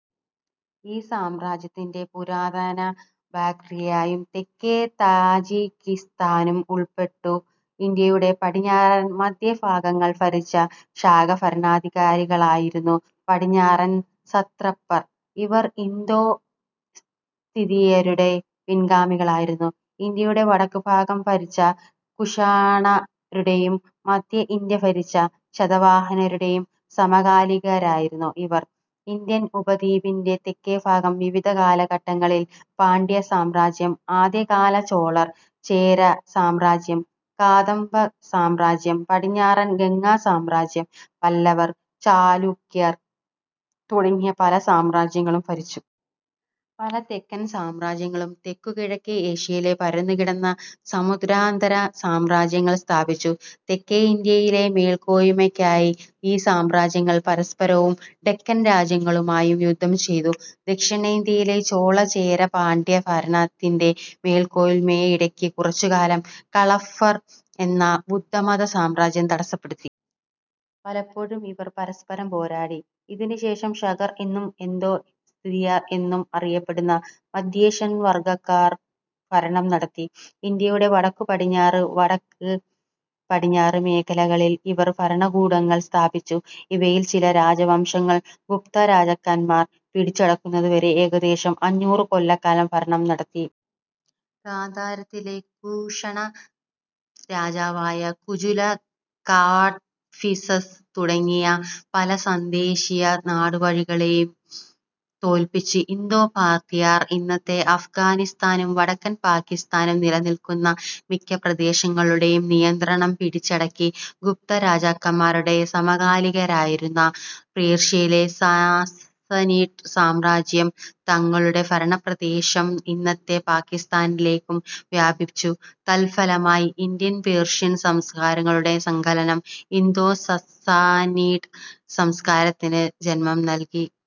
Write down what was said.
ഈ സാമ്രാജ്യത്തിൽ പുരാതന ബാക്ട്രിയയും തെക്കേ താജിക്കിസ്ഥാനും ഉൾപ്പെട്ടു. ഇന്ത്യയുടെ പടിഞ്ഞാറൻ, മദ്ധ്യ ഭാഗങ്ങൾ ഭരിച്ച ശാക ഭരണാധികാരികളായിരുന്നു പടിഞ്ഞാറൻ സത്രപർ. ഇവർ ഇന്തോ-സിഥിയരുടെ പിൻഗാമികളായിരുന്നു. ഇന്ത്യയുടെ വടക്കുഭാഗം ഭരിച്ച കുഷാണരുടെയും, മദ്ധ്യ ഇന്ത്യ ഭരിച്ച ശതവാഹനരുടെയും സമകാലികരായിരുന്നു ഇവർ. ഇന്ത്യൻ ഉപദ്വീപിന്റെ തെക്കേ ഭാഗം, വിവിധ കാലഘട്ടങ്ങളിൽ, പാണ്ഡ്യ സാമ്രാജ്യം, ആദ്യകാല ചോളർ, ചേര സാമ്രാജ്യം, കാദംബ സാമ്രാജ്യം, പടിഞ്ഞാറൻ ഗംഗാ സാമ്രാജ്യം, പല്ലവർ, ചാലൂക്യർ തുടങ്ങിയ പല സാമ്രാജ്യങ്ങളും ഭരിച്ചു. പല തെക്കൻ സാമ്രാജ്യങ്ങളും തെക്കു കിഴക്കേ ഏഷ്യയിൽ പരന്നുകിടന്ന സമുദ്രാന്തര സാമ്രാജ്യങ്ങൾ സ്ഥാപിച്ചു. തെക്കേ ഇന്ത്യയിലെ മേൽക്കോയ്മയ്ക്കായി ഈ സാമ്രാജ്യങ്ങൾ പരസ്പരവും, ഡെക്കാൻ രാഷ്ട്രങ്ങളുമായും യുദ്ധം ചെയ്തു. ദക്ഷിണേന്ത്യയിലെ ചോള, ചേര, പാണ്ഡ്യ ഭരണത്തിന്റെ മേൽക്കോയ്മയെ ഇടയ്ക്ക് കുറച്ചുകാലം കളഭ്രർ എന്ന ബുദ്ധമത സാമ്രാജ്യം തടസ്സപ്പെടുത്തി. പലപ്പൊഴും ഇവർ പരസ്പരം പോരാടി. ഇതിനു ശേഷം ശകർ എന്നും ഇന്തോ-സിഥിയർ എന്നും അറിയപ്പെടുന്ന മദ്ധ്യേഷ്യൻ വർഗ്ഗക്കാർ ഭരണം നടത്തി. ഇന്ത്യയുടെ വടക്കു പടിഞ്ഞാറ്, വടക്ക്, പടിഞ്ഞാറ് മേഖലകളിൽ ഇവർ ഭരണകൂടങ്ങൾ സ്ഥാപിച്ചു. ഇവയിൽ ചില രാജവംശങ്ങൾ ഗുപ്തരാജാക്കാന്മാർ പിടിച്ചടക്കുന്നതുവരെ ഏകദേശം അഞ്ഞൂറു കൊല്ലക്കാലം ഭരണം നടത്തി. ഗാന്ധാരത്തിലെ കുശാണ രാജാവായ കുജുല കാഡ്ഫിസസ് തുടങ്ങിയ പല തദ്ദേശീയ നാടുവാഴികളെയും തോൽപ്പിച്ച് ഇന്തോ-പാർഥിയർ ഇന്നത്തെ അഫ്ഗാനിസ്ഥാനും വടക്കൻ പാകിസ്താനും നിലനിൽക്കുന്ന മിക്ക പ്രദേശങ്ങളുടെയും നിയന്ത്രണം പിടിച്ചടക്കി. ഗുപ്ത രാജാക്കന്മാരുടെ സമകാലികരായിരുന്ന പേർഷ്യയിലെ സസ്സാനിഡ് സാമ്രാജ്യം തങ്ങളുടെ ഭരണ പ്രദേശം ഇന്നത്തെ പാകിസ്താനിലേയ്ക്കും വ്യാപിപ്പിച്ചു. തത്ഫലമായി ഇന്ത്യൻ, പേർഷ്യൻ സംസ്കാരങ്ങളുടെ സങ്കലനം ഇന്തോ-സസ്സാനിഡ് സംസ്കാരത്തിന് ജന്മം നൽകി.